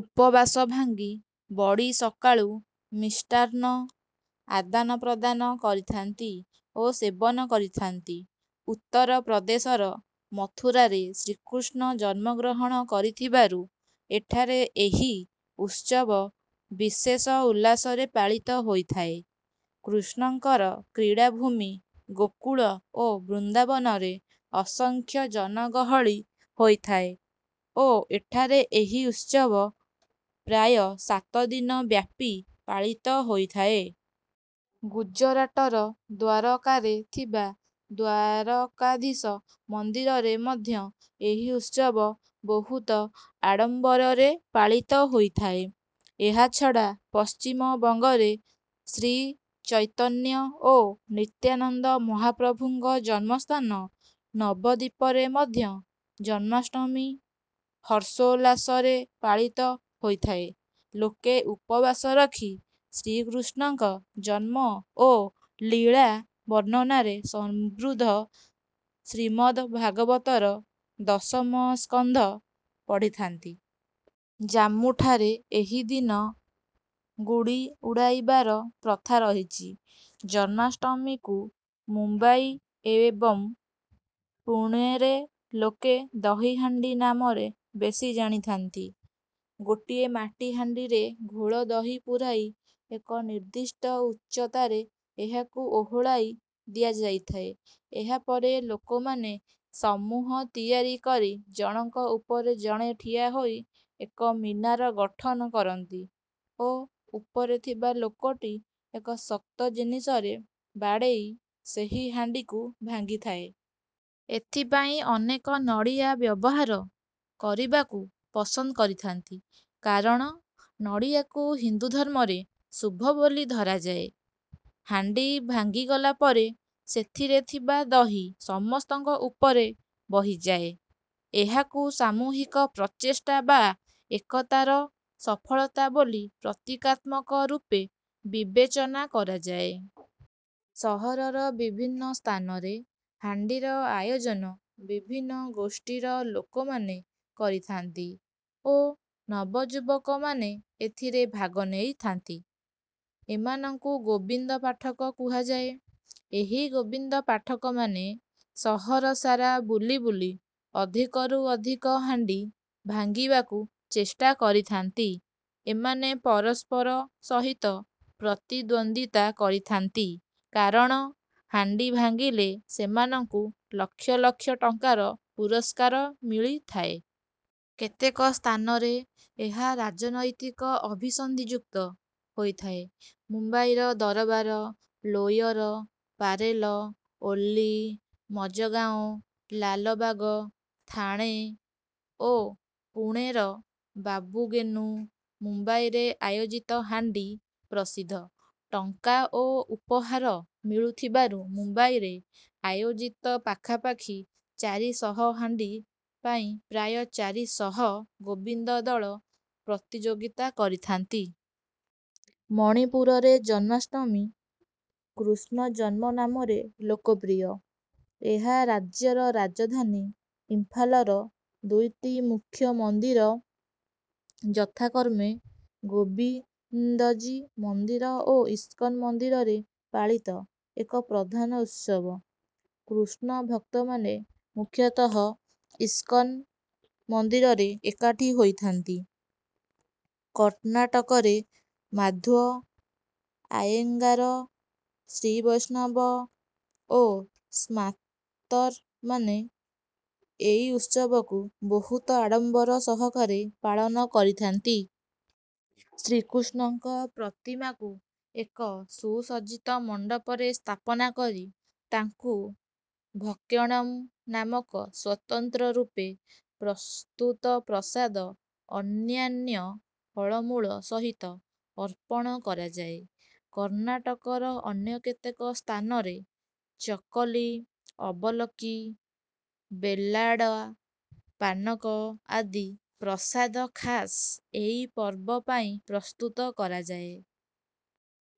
ଉପବାସ ଭାଙ୍ଗି ବଡ଼ି ସକାଳୁ ମିଷ୍ଟାନ୍ନ ଆଦାନପ୍ରଦାନ କରିଥାନ୍ତି ଓ ସେବନ କରିଥାନ୍ତି। ଉତ୍ତର ପ୍ରଦେଶର ମଥୁରାରେ ଶ୍ରୀକୃଷ୍ଣ ଜନ୍ମଗ୍ରହଣ କରିଥିବାରୁ ଏଠାରେ ଏହି ଉତ୍ସବ ବିଶେଷ ଉଲ୍ଲାସରେ ପାଳିତ ହୋଇଥାଏ। କୃଷ୍ଣଙ୍କର କ୍ରୀଡ଼ାଭୂମି ଗୋକୁଳ ଓ ବୃନ୍ଦାବନରେ ଅସଂଖ୍ୟ ଜନଗହଳି ହୋଇଥାଏ ଓ ଏଠାରେ ଏହି ଉତ୍ସବ ପ୍ରାୟ ସାତ ଦିନ ବ୍ୟାପି ପାଳିତ ହୋଇଥାଏ। ଗୁଜରାଟର ଦ୍ୱାରକାରେ ଥିବା ଦ୍ୱାରକାଧୀଶ ମନ୍ଦିରରେ ମଧ୍ୟ ଏହି ଉତ୍ସବ ବୋହୁତ ଆଡ଼ମ୍ବରରେ ପାଳିତ ହୋଇଥାଏ। ଏହାଛଡ଼ା ପଶ୍ଚିମବଙ୍ଗରେ ଶ୍ରୀଚୈତନ୍ୟ ଓ ନିତ୍ୟାନନ୍ଦ ମହାପ୍ରଭୁଙ୍କ ଜନ୍ମସ୍ଥାନ ନବଦ୍ୱୀପରେ ମଧ୍ୟ ଜନ୍ମାଷ୍ଟମୀ ହର୍ଷୋଲ୍ଲାସରେ ପାଳିତ ହୋଇଥାଏ। ଲୋକେ ଉପବାସ ରଖି ଶ୍ରୀକୃଷ୍ଣଙ୍କ ଜନ୍ମ ଓ ଲୀଳା ବର୍ଣ୍ଣନାରେ ସମୃଦ୍ଧ ଶ୍ରୀମଦ୍‌ଭାଗବତର ଦଶମ ସ୍କନ୍ଧ ପଢ଼ିଥାନ୍ତି। ଜାମ୍ମୁଠାରେ ଏହିଦିନ ଗୁଡ଼ି ଉଡ଼ାଇବାର ପ୍ରଥା ରହିଚି। ଜନ୍ମାଷ୍ଟମୀକୁ ମୁମ୍ବାଇ ଏବଂ ପୁଣେରେ ଲୋକେ 'ଦହି ହାଣ୍ଡି' ନାମରେ ବେଶି ଜାଣିଥାନ୍ତି। ଗୋଟିଏ ମାଟିହାଣ୍ଡିରେ ଘୋଳଦହି ପୂରାଇ ଏକ ନିର୍ଦ୍ଦିଷ୍ଟ ଉଚ୍ଚତାରେ ଏହାକୁ ଓହଳାଇ ଦିଆଯାଇଥାଏ। ଏହାପରେ ଲୋକମାନେ ସମୂହ ତିଆରି କରି ଜଣକ ଉପରେ ଜଣେ ଠିଆହୋଇ ଏକ ମିନାର ଗଠନ କରନ୍ତି ଓ ଉପରେ ଥିବା ଲୋକଟି ଏକ ଶକ୍ତ ଜିନିଷରେ ବାଡ଼େଇ ସେହି ହାଣ୍ଡିକୁ ଭାଙ୍ଗିଥାଏ। ଏଥିପାଇଁ ଅନେକ ନଡ଼ିଆ ବ୍ୟବହାର କରିବାକୁ ପସନ୍ଦ କରିଥାନ୍ତି, କାରଣ ନଡ଼ିଆକୁ ହିନ୍ଦୁ ଧର୍ମରେ ଶୁଭ ବୋଲି ଧରାଯାଏ। ହାଣ୍ଡି ଭାଙ୍ଗିଗଲା ପରେ ସେଥିରେ ଥିବା ଦହି ସମସ୍ତଙ୍କ ଉପରେ ବହିଯାଏ। ଏହାକୁ ସାମୂହିକ ପ୍ରଚେଷ୍ଟା ବା ଏକତାର ସଫଳତା ବୋଲି ପ୍ରତୀକାତ୍ମକ ରୂପେ ବିବେଚନା କରାଯାଏ। ସହରର ବିଭିନ୍ନ ସ୍ଥାନରେ ହାଣ୍ଡିର ଆୟୋଜନ ବିଭିନ୍ନ ଗୋଷ୍ଠୀର ଲୋକମାନେ କରିଥାନ୍ତି ଓ ନବଯୁବକମାନେ ଏଥିରେ ଭାଗ ନେଇଥାନ୍ତି। ଏମାନଙ୍କୁ 'ଗୋବିନ୍ଦ ପାଠକ' କୁହାଯାଏ। ଏହି ଗୋବିନ୍ଦ ପାଠକମାନେ ସହରସାରା ବୁଲି ବୁଲି ଅଧିକରୁ ଅଧିକ ହାଣ୍ଡି ଭାଙ୍ଗିବାକୁ ଚେଷ୍ଟା କରିଥାନ୍ତି। ଏମାନେ ପରସ୍ପର ସହିତ ପ୍ରତିଦ୍ୱନ୍ଦ୍ୱିତା କରିଥାନ୍ତି, କାରଣ ହାଣ୍ଡି ଭାଙ୍ଗିଲେ ସେମାନଙ୍କୁ ଲକ୍ଷ ଲକ୍ଷ ଟଙ୍କାର ପୁରସ୍କାର ମିଳିଥାଏ। କେତେକ ସ୍ଥାନରେ ଏହା ରାଜନୈତିକ ଅଭିସନ୍ଧିଯୁକ୍ତ ହୋଇଥାଏ। ମୁମ୍ବାଇର ଦରବାର, ଲୋୟର ପାରେଲ, ଓର୍ଲି, ମଜଗାଓଁ, ଲାଲବାଗ, ଥାଣେ ଓ ପୁଣେର ବାବୁ ଗେନୁ, ମଣ୍ଡାଇରେ ଆୟୋଜିତ ହାଣ୍ଡି ପ୍ରସିଦ୍ଧ। ଟଙ୍କା ଓ ଉପହାର ମିଳୁଥିବାରୁ ମୁମ୍ବାଇରେ ଆୟୋଜିତ ପାଖାପାଖି ଚାରି ଶହ ହାଣ୍ଡି ପାଇଁ ପ୍ରାୟ ଚାରି ଶହ ଗୋବିନ୍ଦ ଦଳ ପ୍ରତିଯୋଗିତା କରିଥାନ୍ତି। ମଣିପୁରରେ ଜନ୍ମାଷ୍ଟମୀ 'କୃଷ୍ଣଜନ୍ମ' ନାମରେ ଲୋକପ୍ରିୟ। ଏହା ରାଜ୍ୟର ରାଜଧାନୀ ଇମ୍ଫାଲର ଦୁଇଟି ମୁଖ୍ୟ ମନ୍ଦିର ଯଥାକର୍ମେ ଗୋବିନ୍ଦଜୀ ମନ୍ଦିର ଓ ଇସ୍କନ ମନ୍ଦିରରେ ପାଳିତ ଏକ ପ୍ରଧାନ ଉତ୍ସବ। କୃଷ୍ଣଭକ୍ତମାନେ ମୁଖ୍ୟତଃ ଇସ୍କନ ମନ୍ଦିରରେ ଏକାଠି ହୋଇଥାନ୍ତି। କର୍ଣ୍ଣାଟକରେ ମାଧ୍ୱ, ଆୟେଙ୍ଗାର, ଶ୍ରୀବୈଷ୍ଣବ ଓ ସ୍ମାର୍ତ୍ତରମାନେ ଏଇ ଉତ୍ସବକୁ ବହୁତ ଆଡ଼ମ୍ବର ସହକାରେ ପାଳନ କରିଥାନ୍ତି। ଶ୍ରୀକୃଷ୍ଣଙ୍କ ପ୍ରତିମାକୁ ଏକ ସୁସଜ୍ଜିତ ମଣ୍ଡପରେ ସ୍ଥାପନା କରି ତାଙ୍କୁ 'ଭକ୍ଷଣମ୍' ନାମକ ସ୍ୱତନ୍ତ୍ର ରୂପେ ପ୍ରସ୍ତୁତ ପ୍ରସାଦ ଅନ୍ୟାନ୍ୟ ଫଳମୂଳ ସହିତ ଅର୍ପଣ କରାଯାଏ। କର୍ଣ୍ଣାଟକର ଅନ୍ୟ କେତେକ ସ୍ଥାନରେ ଚକଲି, ଅବଲକ୍କି, ବେଲ୍ଲାଡା ପାନକ ଆଦି ପ୍ରସାଦ ଖାସ୍ ଏଇ ପର୍ବ ପାଇଁ ପ୍ରସ୍ତୁତ କରାଯାଏ।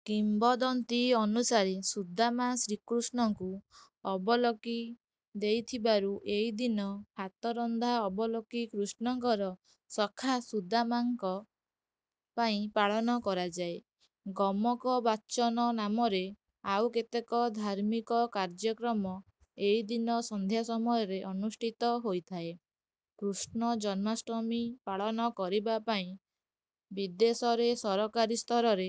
କିମ୍ବଦନ୍ତୀ ଅନୁସାରେ ସୁଦାମା ଶ୍ରୀକୃଷ୍ଣଙ୍କୁ ଅବଲକ୍କି ଦେଇଥିବାରୁ ଏଇଦିନ ହାତରନ୍ଧା ଅବଲକ୍କି କୃଷ୍ଣଙ୍କର ସଖା ସୁଦାମାଙ୍କ ପାଇଁ ପାଳନ କରାଯାଏ। ଗମକ ବାଚନ ନାମରେ ଆଉ କେତେକ ଧାର୍ମିକ କାର୍ଯ୍ୟକ୍ରମ ଏଇଦିନ ସନ୍ଧ୍ୟା ସମୟରେ ଅନୁଷ୍ଠିତ ହୋଇଥାଏ। କୃଷ୍ଣଜନ୍ମାଷ୍ଟମୀ ପାଳନ କରିବା ପାଇଁ ବିଦେଶରେ ସରକାରୀ ସ୍ତରରେ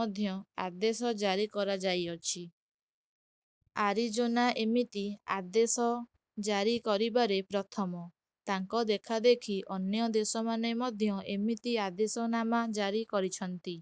ମଧ୍ୟ ଆଦେଶ ଜାରି କରାଯାଇଅଛି। ଆରିଜୋନା ଏମିତି ଆଦେଶ ଜାରି କରିବାରେ ପ୍ରଥମ। ତାଙ୍କ ଦେଖାଦେଖି ଅନ୍ୟ ଦେଶମାନେ ମଧ୍ୟ ଏମିତି ଆଦେଶନାମା ଜାରି କରିଛନ୍ତି।